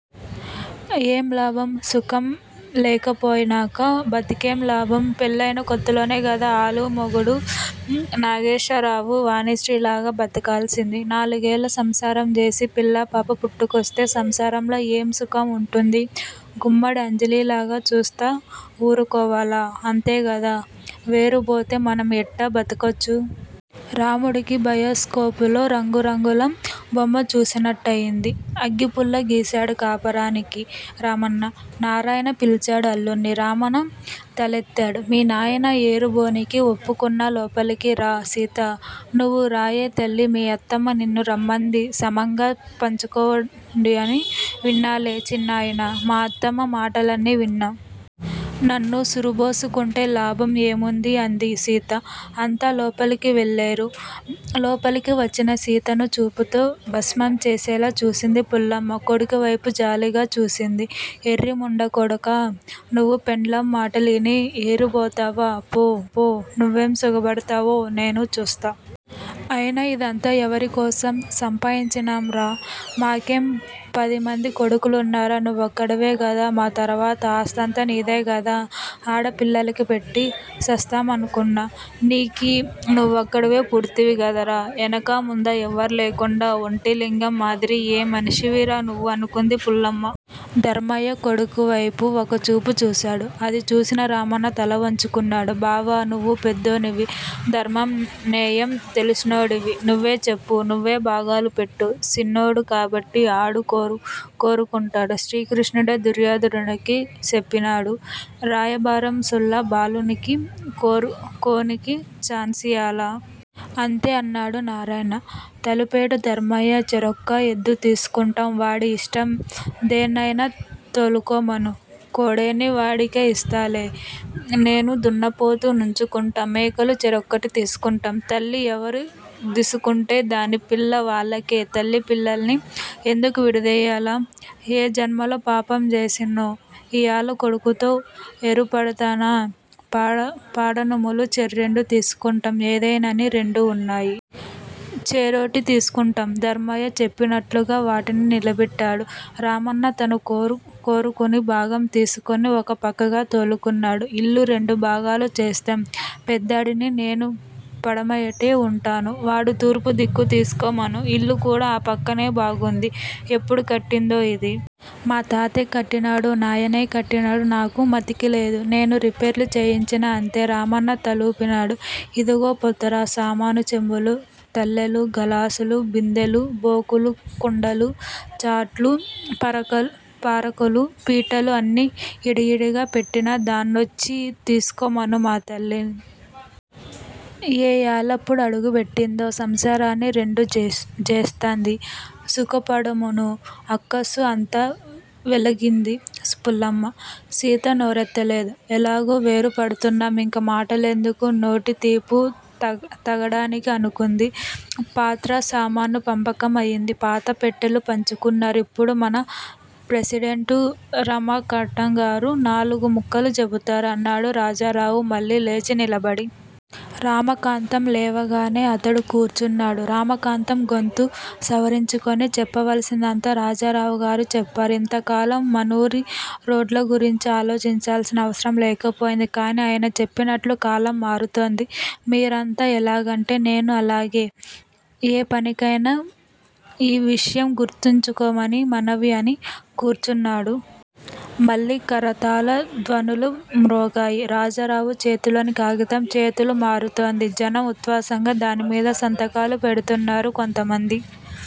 ఏం లాభం? సుఖం లేకపోయినాక బతికేం లాభం. పెళ్ళయిన కొత్తలోనే గదా ఆలు మొగుడు నాగేశర్రావు వాణిశ్రీ లాగ బతకాల్సింది. నాలుగేళ్ళు సంసారం జేసి పిల్లా పాపా పుట్టుకొస్తే సంసారంలో ఏం సుఖం వుంటుంది. గుమ్మడి అంజలి లాగా చూస్తా వురుకోవాల, అంతే గదా! వేరుబోతే మనం ఎట్టా బతకొచ్చు? రాముడికి 'బయస్కోపులో' రంగురంగుల బొమ్మ చూసినట్టయింది. అగ్గిపుల్ల గీశాడు కాపరానికి, రామన్నా! నారాయణ పిలిచాడు అల్లుడిని. రామన్న తలెత్తాడు. మీ నాయన ఏరుబోనికి ఒప్పుకున్నా లోపలికి రా? సీతా! నువు రాయే తల్లి మీ అత్తమ్మ నిన్నూ రమ్మంది సమంగా పంచుకొండిఅన్నీ విన్నాలే చిన్నాయనా! మా అత్తమ్మ మాటలన్నీ విన్నా! నన్నుసురుబోసుకుంటే లాభం ఏముంది! అంది సీత. అంత లోపలికి వెళ్ళేరు. లోపలికి వచ్చిన సీతను చూపుతో భస్మం చేసేలా చూసింది పుల్లమ్మ. కొడుకు వైపు జాలిగా చూసింది. ఎర్రి ముండా కొడకా నువు పెండ్లాం మాటలు యిని ఏరుబోతావా! పో! పో! నువేం సుగపడతావో నే చూస్తా! అయినా యిదంతా ఎవరి కోసం సంపాయించినాంరా! మాకేం పదిమంది కొడుకులున్నారా! నువోక్కడివే గదా! మా తర్వాత ఆస్తంతా నీదే గదా? అడ పిల్లలకి పెట్టి సస్తామనుకున నికి నువోక్కడివే పుడ్తివి గదరా ఎనకా ముందా ఎవర్లేకుండా ఒంటిలింగం మాదిరి! ఏం మనిసివిరా నువు? అనుకుంది పుల్లమ్మ. ధర్మయ్య కొడుకు వైపు ఒక చూపు చూశాడు. అది చూసిన రామన్న తలవంచుకున్నాడు. బావా! నువు పెద్దోనివి! ధర్మం నేయం తెలిసినోడివి నువే చెప్పు నువే భాగాలు పెట్టు. సిన్నోడు గాబట్టి ఆడు కోరుకుంటాడు. శ్రీకృష్ణుడే దుర్యోధనుడికి సెప్పినాడు. రాయభారం సుళ్ళ బాలునికి కోరుకోనికి చాన్సియ్యాల! అంతే! అన్నాడు నారాయణ తలుపేడు ధర్మయ్య. చెరొక ఎద్దు తీసుకుంటాం వాడి యిష్టం దేన్నయినా తోలుకోమను. కొడేని వాడికే యిస్తాలే నేను దున్నపోతు నుంచుకుంటా మేకలు చెరోకటి తీసుకుంటాం. తల్లి ఎవరు దిసుకుంటే దాని పిల్ల వాల్లకే! తల్లి పిల్లల్ని ఎందుకు విడదియ్యల, ఏ జన్మలో పాపం జేసిన్నో యియాల కొడుకుతో ఎరుపడతన్నా పాడనుములు చెర్రెండు తీసుకుంటాం ఎదైనని రెండు న్నాయి. చెరోటి తీసుకుంటాం. ధర్మయ్య చెప్పినట్లుగా వాటిని నిలబెట్టాడు. రామన్న తను కోరుకుని భాగం తీసుకుని ఒక పక్కగా తోలుకున్నాడు. ఇల్లు రెండు భాగాలు చేస్తాం! పెద్దాడిని నేను పడమటియే వుంటాను. వాడు తూర్పు దిక్కు తిసుకోమను. ఇల్లు కూడా ఆ పక్కనే బాగుంది. ఎప్పుడు కట్టిందో యిది! మా తాతే కట్టినాడో నాయనే కట్టినాడో నాకు మతికి లేదు. నేను రిపేర్లు చేయించినా అంతే. రామన్న తలుపినాడు. ఇదిగో పొత్తర సామాను చెంబులు తల్లెలు, గలాసులు, బిందెలు, బోకులు కుండలు, చాట్లు, పారకులు, పీటలు అన్నీ యిడియిడిగా పెట్టినా దాన్నోచ్చి తిసుకోమను మా తల్లి! ఏయాలప్పుడు అడుగు బెట్టిందో సంసారాన్ని రెండు జేస్తంది! సుకపడమను అక్కసు అంతా వెలగింది పుల్లమ్మ. సీత నోరెత్తలేదు. ఎలాగూ వేరు పడుతున్నాం. ఇంకా మాటలెందుకు? నోటి తీపు తగ్గడానికి అనుకుంది. పాత్ర సామాను పంపకం అయింది. పాత పెట్టెలు పంచుకున్నారు. ఇప్పుడు మన ప్రెసిడెంటు రమాకాంటంగారు నాలుగు ముక్కలు చెబుతారు అన్నాడు రాజారావు మళ్ళీ లేచి నిలబడి. రమాకాంతం లేవగానే అతడు కూర్చున్నాడు. రమాకాంతం గొంతు సవరించుకుని చెప్పవలసిందంతా రాజారావుగారు చెప్పారు. ఇంతకాలం మనూరి రోడ్లగురించి ఆలోచించాల్సిన అవసరం లేకపోయింది. కానీ అయన చెప్పినట్లు కాలం మారుతోంది. మీరంతా ఎలాగంటే నేనూ అలాగే! ఏ పనికయినా ఈ విషయం గుర్తుంచుకోమని మనవి అని కూర్చున్నాడు. మళ్ళీ కరతాళ ధ్వనులు మ్రోగాయి. రాజారావు చేతిలోని కాగితం చేతులు మారుతోంది. జనం ఉత్సాహంగా దానిమీద సంతకాలు పెడుతున్నారు. కొంతమంది